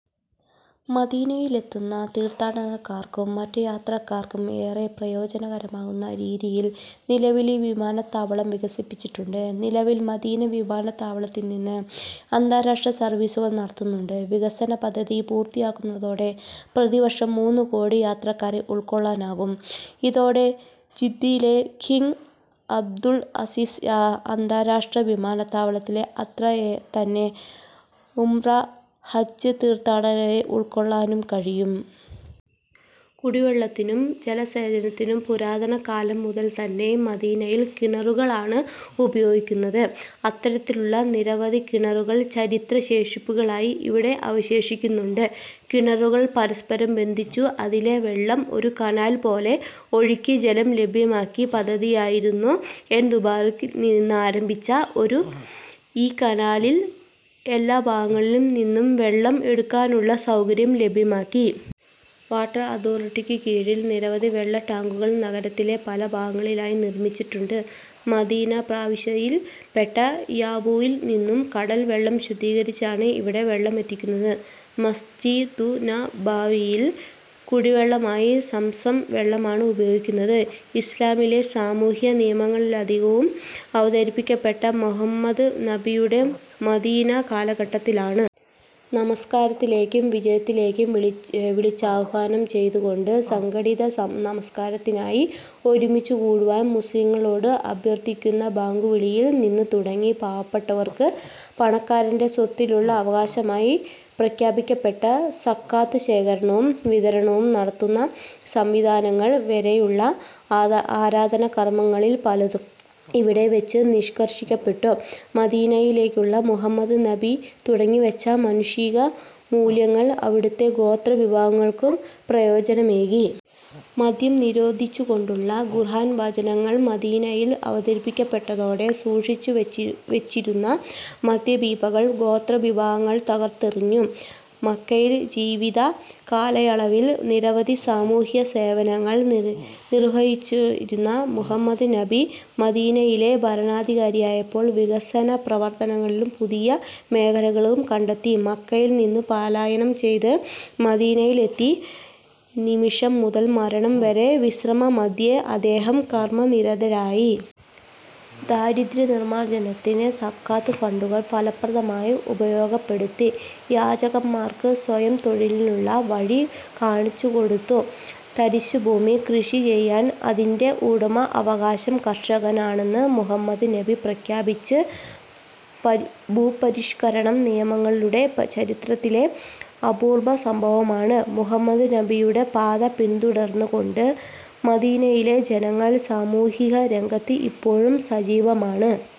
മദീനയിലെത്തുന്ന തീർഥാടകർക്കും മറ്റു യാത്രക്കാർക്കും ഏറെ പ്രയോജനമാകുന്ന രീതിയിൽ നിലവിലെ വിമാനത്താവളം വികസിപ്പിക്കുന്നുണ്ട്. നിലവിൽ മദീന വിമാനത്താവളത്തിൽ നിന്ന് അന്താരാഷ്ട്ര സർവീസുകൾ നടത്തുന്നുണ്ട്. വികസന പദ്ധതികൾ പൂർത്തിയാകുന്നതോടെ പ്രതിവർഷം മൂന്നുകോടി യാത്രക്കാരെ ഉൾക്കൊള്ളാനാകും. ഇതോടെ ജിദ്ദയിലെ കിങ് അബ്ദുൽ അസീസ് അന്താരാഷ്ട്ര വിമാനത്താവളത്തിലെ അത്ര തന്നെ ഉംറ, ഹജ്ജ് തീർത്ഥാടകരെ ഉൾക്കൊള്ളാനും കഴിയും. കുടിവെള്ളത്തിനും ജലസേചനത്തിനും പുരാതന കാലം മുതൽ തന്നെ മദീനയിൽ കിണറുകൾ ആണ് ഉപയോഗിച്ചിരുന്നത്. അത്തരത്തിലുള്ള നിരവധി കിണറുകൾ ചരിത്ര ശേഷിപ്പുകളായി ഇവിടെ അവശേഷിക്കുന്നുണ്ട്. കിണറുകൾ പരസ്പരം ബന്ധിപ്പിച്ചു അതിലെ വെള്ളം ഒരു കനാൽ പോലെ ഒഴുക്കി ജലം ലഭ്യമാക്കിയ പദ്ധതിയായിരുന്നു ഐൻ സർഖ. ഖുബായിൽ നിന്നാരംഭിച്ച ഈ കനാലിൽ എല്ലാ ഭാഗങ്ങളിൽ നിന്നും വെള്ളം എടുക്കാനുള്ള സൗകര്യവും ലഭ്യമാക്കി. വാട്ടർ അതോറിറ്റിക്കു കീഴിൽ നിരവധി വെള്ള ടാങ്കുകൾ നഗരത്തിന്റെ പല ഭാഗങ്ങളിലായി നിർമിച്ചിട്ടുണ്ട്. മദീന പ്രവിശ്യയിൽ പെട്ട യാമ്പുവിൽ നിന്നും കടൽ വെള്ളം ശുദ്ധീകരിച്ചാണ് ഇവിടെ വെള്ളമെത്തിക്കുന്നത്. മസ്ജിദുന്നബവിയിൽ കുടിവെള്ളമായി സംസം വെള്ളമാണ് ഉപയോഗിക്കുന്നത്. ഇസ്ലാമിലെ സാമൂഹ്യ നിയമങ്ങളിലധികവും അവതരിക്കപ്പെട്ടത് മുഹമ്മദ് നബിയുടെ മദീനാ കാലഘട്ടത്തിലാണ്. നമസ്കാരത്തിലേക്കും വിജയത്തിലേക്കും വിളിച്ചാഹ്വാനം ചെയ്തുകൊണ്ട് സംഘടിത നമസ്കാരത്തിനായി ഒരുമിച്ച് കൂടുവാൻ മുസ്ലിംകളോട് അഭ്യർഥിക്കുന്ന ബാങ്കുവിളിയിൽ നിന്ന് തുടങ്ങി പാവപ്പെട്ടവർക്ക് പണക്കാരന്റെ സ്വത്തിലുള്ള അവകാശമായി പ്രഖ്യാപിക്കപ്പെട്ട സകാത്ത് ശേഖരണവും വിതരണവും നടത്തുന്ന സംവിധാനങ്ങൾ വരെയുള്ള ആരാധനാകർമങ്ങളിൽ പലതും ഇവിടെ വെച്ച് നിഷ്കർഷിക്കപ്പെട്ടു. മദീനയിലെത്തിയ മുഹമ്മദ് നബി തുടങ്ങിവെച്ച മാനുഷിക മൂല്യങ്ങൾ അവിടുത്തെ ഗോത്ര വിഭാഗങ്ങൾക്കും പ്രചോദനമേകി. മദ്യം നിരോധിച്ചുകൊണ്ടുള്ള ഖുർആൻ വചനങ്ങൾ മദീനയിൽ അവതരിക്കപ്പെട്ടതോടെ സൂക്ഷിച്ചു വെച്ചിരുന്ന മദ്യവീപ്പകൾ ഗോത്ര വിഭാഗങ്ങങ്ങൾ തകർത്തെറിഞ്ഞു. മക്കയിലെ ജീവിത കാലയളവിൽ നിരവധി സാമൂഹ്യ സേവനങ്ങൾ നിർവഹിച്ചിരുന്ന മുഹമ്മദ് നബി മദീനയിലെ ഭരണസാരഥിയായപ്പോൾ വികസന പ്രവർത്തനങ്ങളുടെ പുതിയ മേഖലകൾ കണ്ടെത്തി. മക്കയിൽ നിന്ന് പലായനം ചെയ്ത് മദീനയിൽ എത്തിയ നിമിഷം മുതൽ മരണം വരെയും വിശ്രമമന്യേ അദ്ദേഹം കർമ്മ നിരതനായി. ദാരിദ്ര്യ നിർമാർജ്ജനത്തിന് സക്കാത്ത് ഫണ്ടുകൾ ഫലപ്രദമായി ഉപയോഗപ്പെടുത്തി. യാചകന്മാർക്ക് സ്വയം തൊഴിലിനുള്ള വഴി കാണിച്ചുകൊടുത്തു. തരിശ് ഭൂമി കൃഷി ചെയ്താൽ അതിന്റെ ഉടമാവകാശം കർഷകനാണെന്ന് മുഹമ്മദ് നബി പ്രഖ്യാപിച്ചത് ഭൂപരിഷ്കരണ നിയമങ്ങളുടെ ചരിത്രത്തിലെ അപൂർവ സംഭവമാണ്. മുഹമ്മദ് നബിയുടെ പാത പിന്തുടർന്ന് കൊണ്ട് മദീനയിലെ ജനങ്ങൾ സാമൂഹിക രംഗത്ത് ഇപ്പോഴും സജീവമാണ്.